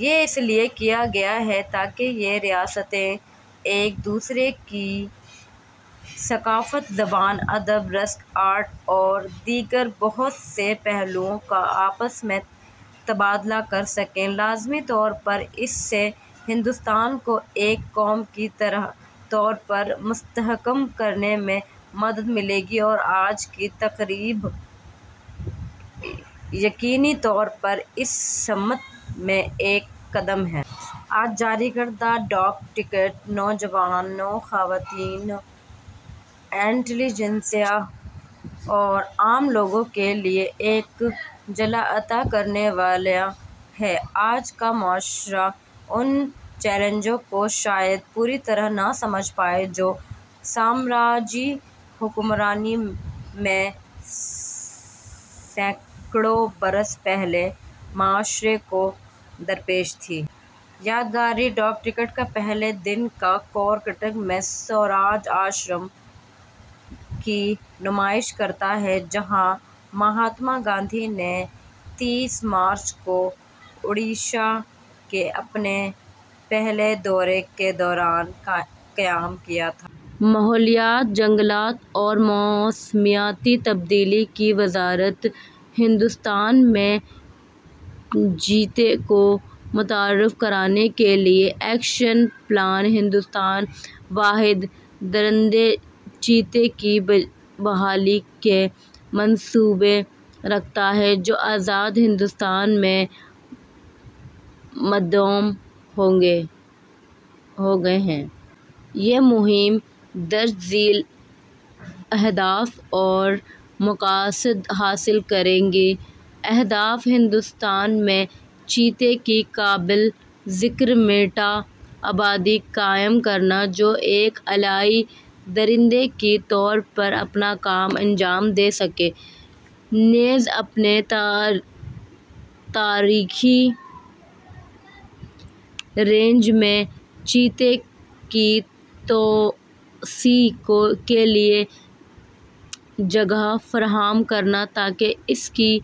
یہ اس لیے کیا گیا ہے تاکہ یہ ریاستیں ایک دوسرے کی ثقافت، زبان، ادب، رقص، آرٹ اور دیگر بہت سے پہلوؤں کا آپس میں تبادلہ کرسکیں۔ لازمی طور پر اس سے ہندوستان کو ایک قوم کے طور پر مستحکم کرنے میں مدد ملے گی اور آج کی تقریب یقینی طور پر اسی سمت میں ایک قدم ہے۔ آج جاری کردہ ڈاک ٹکٹ، نوجوانوں، خواتین، انٹلی جنسیا اور عام لوگوں کے لیے ایک جلا عطا کرنے والا ہے۔ آج کا معاشرہ اُن چیلنجوں کو شاید پوری طرح نہ سمجھ پائے، جو سامراجی حکمرانی میں سینکڑوں برس پہلے معاشرے کو درپیش تھے۔ یادگاری ڈاک ٹکٹ کا پہلے دن کا کور کٹک میں سوراج آشرم کی نمائش کرتا ہے، جہاں مہاتما گاندھی نے تئیس مارچ کو اُڈیشہ کے اپنے پہلے دورے کے دوران قیام کیا تھا۔ ماحولیات، جنگلات اور موسمیاتی تبدیلی کی وزارت ہندوستان میں چیتے کو متعارف کرانے کے لیے ایکشن پلان ہندوستان، واحد درندے چیتے کی بحالی کے منصوبے رکھتا ہے جو آزاد ہندوستان میں معدوم ہوگئے ہیں۔ یہ مہم درج ذیل اہداف اور مقاصد حاصل کرے گی: اہداف، ہندوستان میں چیتے کی قابل ذکر میٹا آبادی قائم کرنا، جو ایک اعلیٰ درندے کے طور پر اپنا کام انجام دے سکے، نیز اپنی تاریخی رینج میں چیتے کی توسیع کے لیے جگہ فراہم کرنا تاکہ اس کی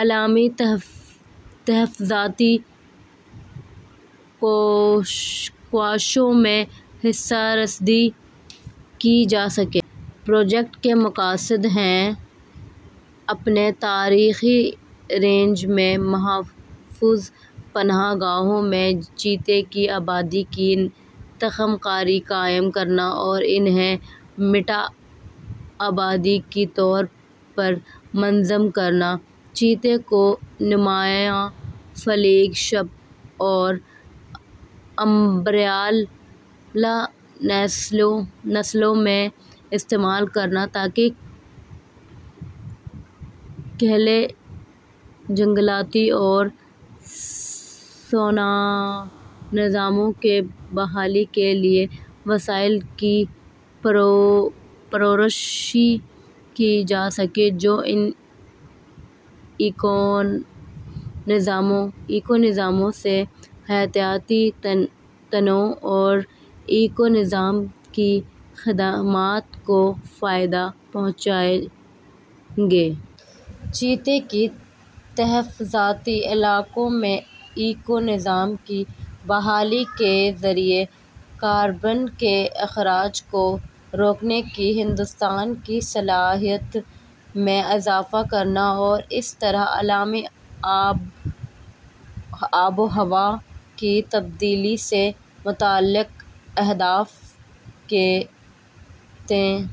عالمی تحفظاتی کاوشوں میں حصہ رسدی کی جاسکے۔ پروجیکٹ کے مقاصد ہیں: اپنی تاریخی رینج میں محفوظ پناہ گاہوں میں چیتے کی آبادی کی تخم کاری قائم کرنا اور انہیں میٹا آبادی کے طور پر منظم کرنا۔ چیتے کو نمایاں فلیگ شپ اور امبریلا نسلوں میں استعمال کرنا تاکہ کھلے جنگلاتی اور سونّا نظاموں کی بحالی کے لیے وسائل کی پرورش کی جاسکے، جو ان ایکو نظاموں سے حیاتیاتی تنوع اور ایکو نظام کی خدمات کو فائدہ پہنچائیں گے۔ چیتے کے تحفظاتی علاقوں میں ایکو نظام کی بحالی کے ذریعے کاربن کے اخراج کو روکنے کی ہندوستان کی صلاحیت میں اضافہ کرنا اور اس طرح عالمی آب و ہوا کی تبدیلی سے متعلق اہداف کے تئیں